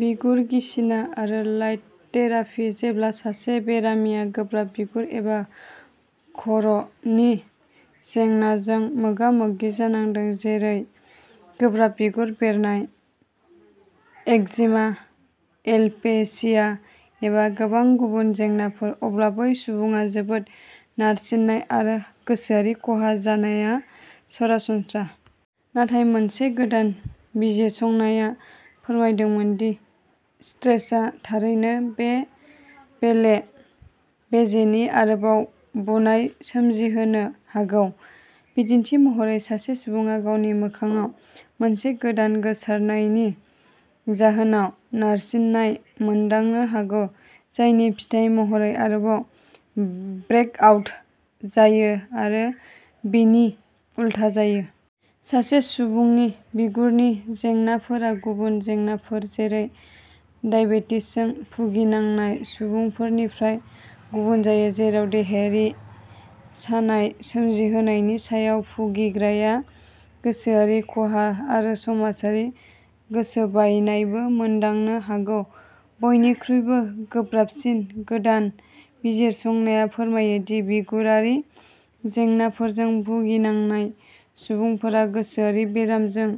बिगुर गिसिना आरो light therapy. जेब्ला सासे बेरामिया गोब्राब बिगुर एबा खर "नि जेंनाजों मोगा मोगि जानांदों, जेरै गोब्राब बिगुर बेरनाय, एक्जिमा, एलपेसिया एबा गोबां गुबुन जेंनाफोर, अब्ला बै सुबुङा जोबोद नारसिननाय आरो गोसोआरि खहा जानाया सरासनस्रा। नाथाय मोनसे गोदान बिजिरसंनाया फोरमायदोंमोन दि स्ट्रेसआ थारैनो बे बेले बेजेनि आरोबाव बुनाय सोमजिहोनो हागौ। बिदिन्थि महरै, सासे सुबुङा गावनि मोखांआव मोनसे गोदान गोसारनायनि जाहोनाव नारसिननाय मोनदांनो हागौ, जायनि फिथाय महरै आरोबाव ब्रेकआउट जायो आरो बिनि उलथा जायो। सासे सुबुंनि बिगुरनि जेंनाफोरा गुबुन जेंनाफोर जेरै दाइबेटिसजों भुगिनांनाय सुबुंफोरनिफ्राय गुबुन जायो, जेराव देहायारि सानाय सोमजिहोनायनि सायाव, भुगिग्राया गोसोआरि खहा आरो समाजारि गोसोबायनायबो मोनदांनो हागौ। बयनिख्रुइबो गोब्राबसिन, गोदान बिजिरसंनाया फोरमायो दि बिगुरारि जेंनाफोरजों भुगिनांनाय सुबुंफोरा गोसोआरि बेरामजों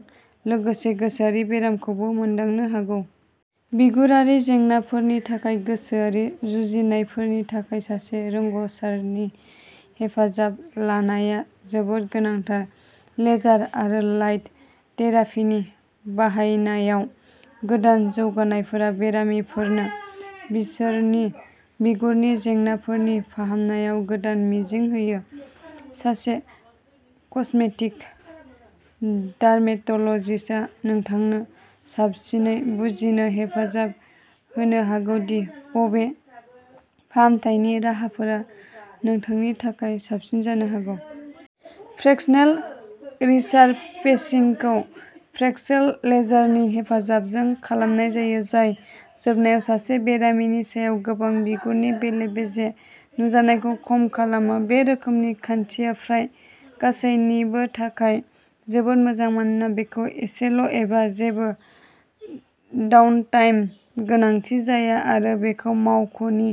लोगोसे गोसोआरि बेरामखौबो मोनदांनो हागौ। बिगुरारि जेंनाफोरनि थाखाय गोसोआरि जुजिनायफोरनि थाखाय सासे रोंग'सारनि हेफाजाब लानाया जोबोद गोनांथार। लेजार आरो लाइट थेरापिनि बाहायनायाव गोदान जौगानायफोरा बेरामिफोरनो बिसोरनि बिगुरनि जेंनाफोरनि फाहामनायाव गोदान मिजिं होयो। सासे कस्मेटिक डार्मेट'लजिस्टआ नोंथांनो साबसिनै बुजिनो हेफाजाब होनो हागौ दि बबे फाहामथायनि राहाफोरा नोंथांनि थाखाय साबसिन जानो हागौ। फ्रेक्सनेल रिसारफेसिंखौ फ्रेक्सेल लेजारनि हेफाजाबजों खालामनाय जायो, जाय जोबनायाव सासे बेरामिनि सायाव गोबां बिगुरनि बेले बेजे नुजानायखौ खम खालामो। बे रोखोमनि खान्थिया फ्राय गासैनिबो थाखाय जोबोद मोजां, मानोना बेखौ एसेल'एबा जेबो डाउनटाइम गोनांथि जाया आरो बेखौ मावख'नि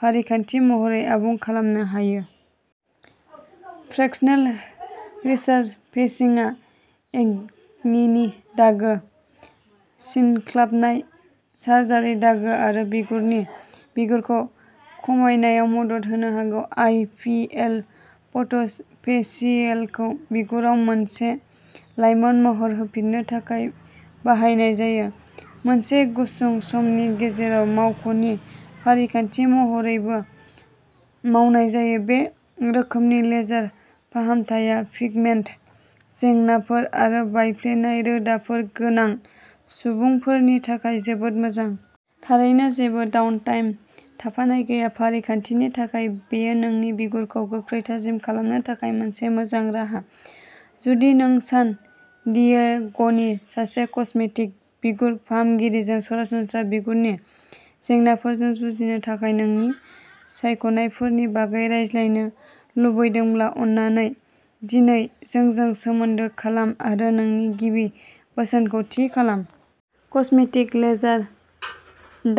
फारिखान्थि महरै आबुं खालामनो हायो। फ्रेक्सनेल रिसारफेसिंआ एकनिनि दागो, सिनख्लाबनाय, सार्जारि दागो आरो बिगुरनि बिगुरखौ खमायनायाव मदद होनो हागौ। आइ. पि. एल. फट'फेसियेलखौ बिगुराव मोनसे लाइमोन महर होफिन्नो थाखाय बाहायनाय जायो। मोनसे गुसुं समनि गेजेराव मावख'नि फारिखान्थि महरैबो मावनाय जायो, बे रोखोमनि लेजार फाहामथाया पिगमेन्ट जेंनाफोर आरो बायफ्लेनाय रोदाफोर गोनां सुबुंफोरनि थाखाय जोबोद मोजां। थारैनो जेबो डाउनटाइम थाफानाय गैया। फारिखान्थिनि थाखाय, बेयो नोंनि बिगुरखौ गोख्रै थाजिम खालामनो थाखाय मोनसे मोजां राहा। जुदि नों सान डियेग'नि सासे कस्मेटिक बिगुर फाहामगिरिजों सरासनस्रा बिगुरनि जेंनाफोरजों जुजिनो थाखाय नोंनि सायख'नायफोरनि बागै रायज्लायनो लुबैदोंब्ला, अन्नानै दिनै जोंजों सोमोन्दो खालाम आरो नोंनि गिबि बोसोनखौ थि खालाम। कस्मेटिक लेजार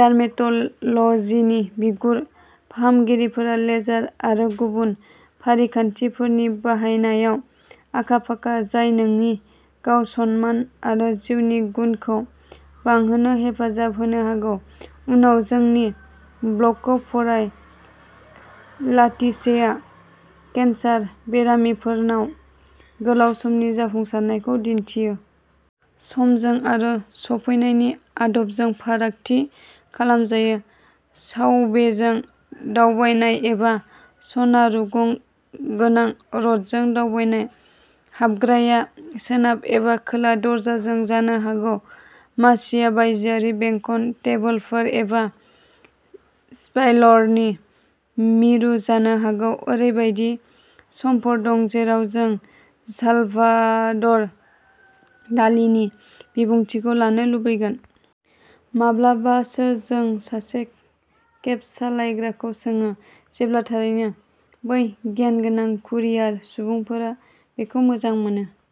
डार्मेट'लजिनि बिगुर फाहामगिरिफोरा लेजार आरो गुबुन फारिखान्थिफोरनि बाहायनायाव आखा फाखा, जाय नोंनि गाव सनमान आरो जिउनि गुनखौ बांहोनो हेफाजाब होनो हागौ। उनाव, जोंनि ब्लगखौ फराय, लाटिसेआ केन्सार बेरामिफोरनाव गोलाव समनि जाफुंसारनायखौ दिन्थियो। समजों आरो सफैनायनि आदबजों फारागथि खालामजायो। साबवेजों दावबायनाय एबा सना रुगुं गोनां रथजों दावबायनाय। हाबग्राया सोनाब एबा खोला दरजाजों जानो हागौ, मासिआ बायजोआरि बेंखन टेबोलफोर एबा स्पाइरलनि मिरु जानो हागौ। ओरैबायदि समफोर दं जेराव जों सालभादर डालीनि बिबुंथिखौ लानो लुबैगोन। माब्लाबासो जों सासे केब सालायग्राखौ सोङो, जेब्ला थारैनो बै गियानगोनां कुरियार सुबुंफोरा बेखौ मोजां मोनो।